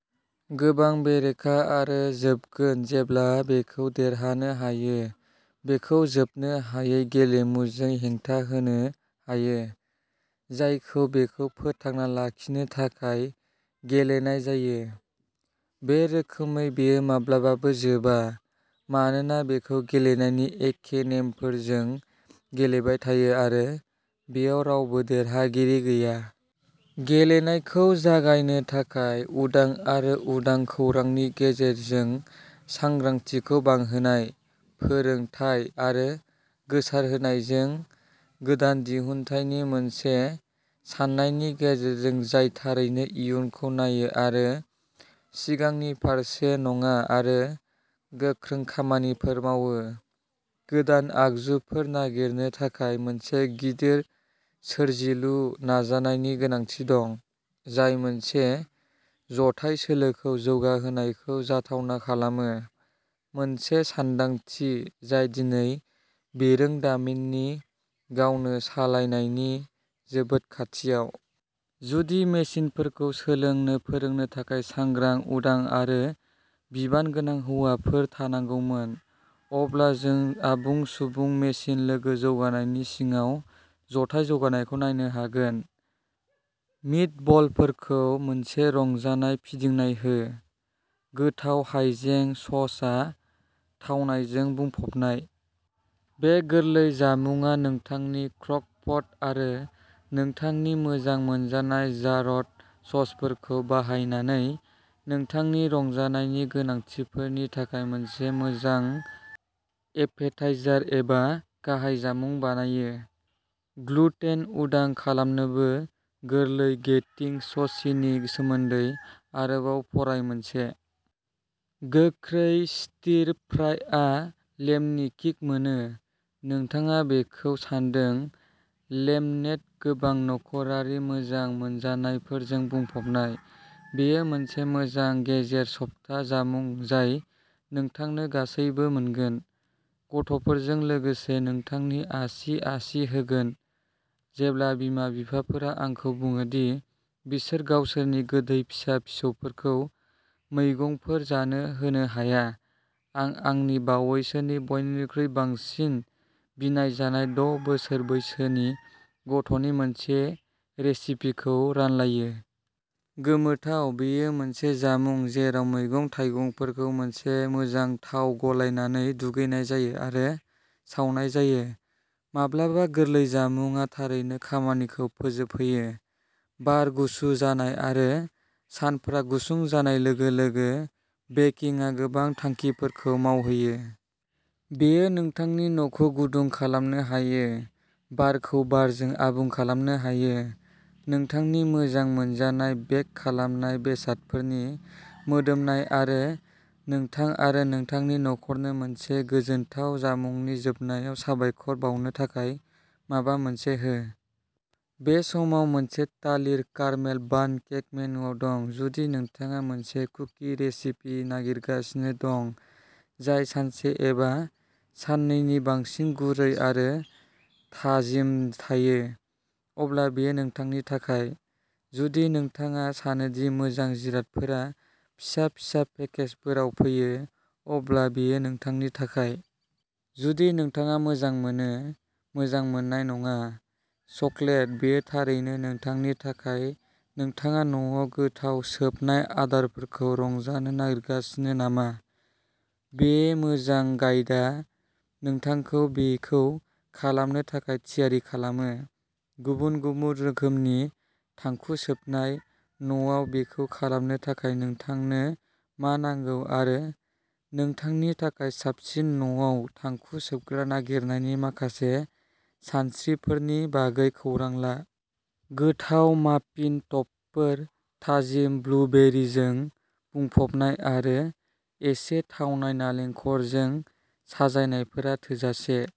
गोबां बेरेखा आरो जोबगोन जेब्ला बेखौ देरहानो हायो बेखौ जोबनो हायै गेलेमुजों हेंथा होनो हायो, जायखौ बेखौ फोथांना लाखिनो थाखाय गेलेनाय जायो। बे रोखोमै बेयो माब्लाबाबो जोबा, मानोना बेखौ गेलेनायनि एखे नेमफोरजों गेलेबाय थायो आरो बेयाव रावबो देरहागिरि गैया। गेलेनायखौ जागायनो थाखाय, उदां आरो उदां खौरांनि गेजेरजों सांग्रांथिखौ बांहोनाय, फोरोंथाय आरो गोसारहोनायजों, गोदान दिहुनथायनि मोनसे साननायनि गेजेरजों जाय थारैनो इयुनखौ नायो आरो सिगांनि फारसे नङा आरो गोख्रों खामानिफोर मावो। गोदान आगजुफोर नागिरनो थाखाय मोनसे गिदिर सोरजिलु नाजानायनि गोनांथि दं, जाय मोनसे जथाय सोलोखौ जौगाहोनायखौ जाथावना खालामो, मोनसे सानदांथि जाय दिनै बिरोंदामिननि गावनो सालायनायनि जोबोद खाथियाव। जुदि मेसिनफोरखौ सोलोंनो फोरोंनो थाखाय सांग्रां, उदां आरो बिबानगोनां हौवाफोर थानांगौमोन, अब्ला जों आबुं सुबुं मेसिन लोगो जौगानायनि सिङाव जथाय जौगानायखौ नायनो हागोन। मिटबलफोरखौ मोनसे रंजानाय फिदिंनाय हो। गोथाव हाइजें ससआ थावनायजों बुंफबनाय। बे गोरलै जामुंआ नोंथांनि क्रकपट आरो नोंथांनि मोजां मोनजानाय जारद ससफोरखौ बाहायनानै नोंथांनि रंजानायनि गोनांथिफोरनि थाखाय मोनसे मोजां एपेटाइजार एबा गाहाय जामुं बानायो। ग्लुटेन उदां खालामनोबो गोरलै गेटिं स'सीनि सोमोन्दै आरोबाव फराय मोनसे गोख्रै स्टिर फ्रायआ लेमनि किक मोनो, नोंथाङा बेखौ सान्दों लेमनेड गोबां नखरारि मोजां मोनजानायफोरजों बुंफबनाय, बेयो मोनसे मोजां गेजेर सप्ता जामुं जाय नोंथांनो गासैबो मोनगोन, गथ'फोरजों लोगोसे, नोंथांनो आसि-आसि होगोन जेब्ला बिमा-बिफाफोरा आंखौ बुङो दि बिसोर गावसोरनि गोदै फिसा फिसाफोरखौ मैगंफोर जानो होनो हाया, आं आंनि बावैसोनि बयनिख्रुइ बांसिन बिनायजानाय द' बोसोर बैसोनि गथ'नि मोनसे रेसिपिखौ रानलायो। गोमोथाव बेयो मोनसे जामुं जेराव मैगं-थाइगंफोरखौ मोनसे मोजां थाव गलायनानै दुगैनाय जायो आरो सावनाय जायो। माब्लाबा गोरलै जामुंआ थारैनो खामानिखौ फोजोबहोयो। बार गुसु जानाय आरो सानफोरा गुसुं जानाय लोगो-लोगो, बेकिंआ गोबां थांखिफोरखौ मावहोयो। बेयो नोंथांनि न'खौ गुदुं खालामनो हायो, बारखौ बारजों आबुं खालामनो हायो। नोंथांनि मोजां मोनजानाय बेक खालामनाय बेसादफोरनि मोदोमनाय आरो नोंथां आरो नोंथांनि नख'रनो मोनसे गोजोनथाव जामुंनि जोबनायाव साबायखर बावनो थाखाय माबा मोनसे हो। बे समाव, मोनसे थालिर कारमेल बान्ड केक मेनुवाव दं। जुदि नोंथाङा मोनसे कुकि रेसिपि नागिरगासिनो दं जाय सानसे एबा साननैनि बांसिन गुरै आरो थाजिम थायो, अब्ला बेयो नोंथांनि थाखाय। जुदि नोंथाङा सानो दि मोजां जिरादफोरा फिसा-फिसा पेकेजफोराव फैयो, अब्ला बेयो नोंथांनि थाखाय। जुदि नोंथाङा मोजां मोनो, मोजां मोननाय नङा, चकलेट बेयो थारैनो नोंथांनि थाखाय नोंथाङा न'आव गोथाव सोबनाय आदारफोरखौ रंजानो नागिरगासिनो नामा? बे मोजां गाइदा नोंथांखौ बेखौ खालामनो थाखाय थियारि खालामो। गुबुन-गुबुन रोखोमनि थांखु सोबनाय, न'आव बेखौ खालामनो थाखाय नोंथांनो मा नांगौ आरो नोंथांनि थाखाय साबसिन न'आव थांखु सोबग्रा नागिरनायनि माखासे सानस्रिफोरनि बागै खौरां ला। गोथाव माफिन टपफोर, थाजिम ब्लुबेरिजों बुंफबनाय आरो एसे थावनाय नालेंखरजों साजायनायफोरा थोजासे।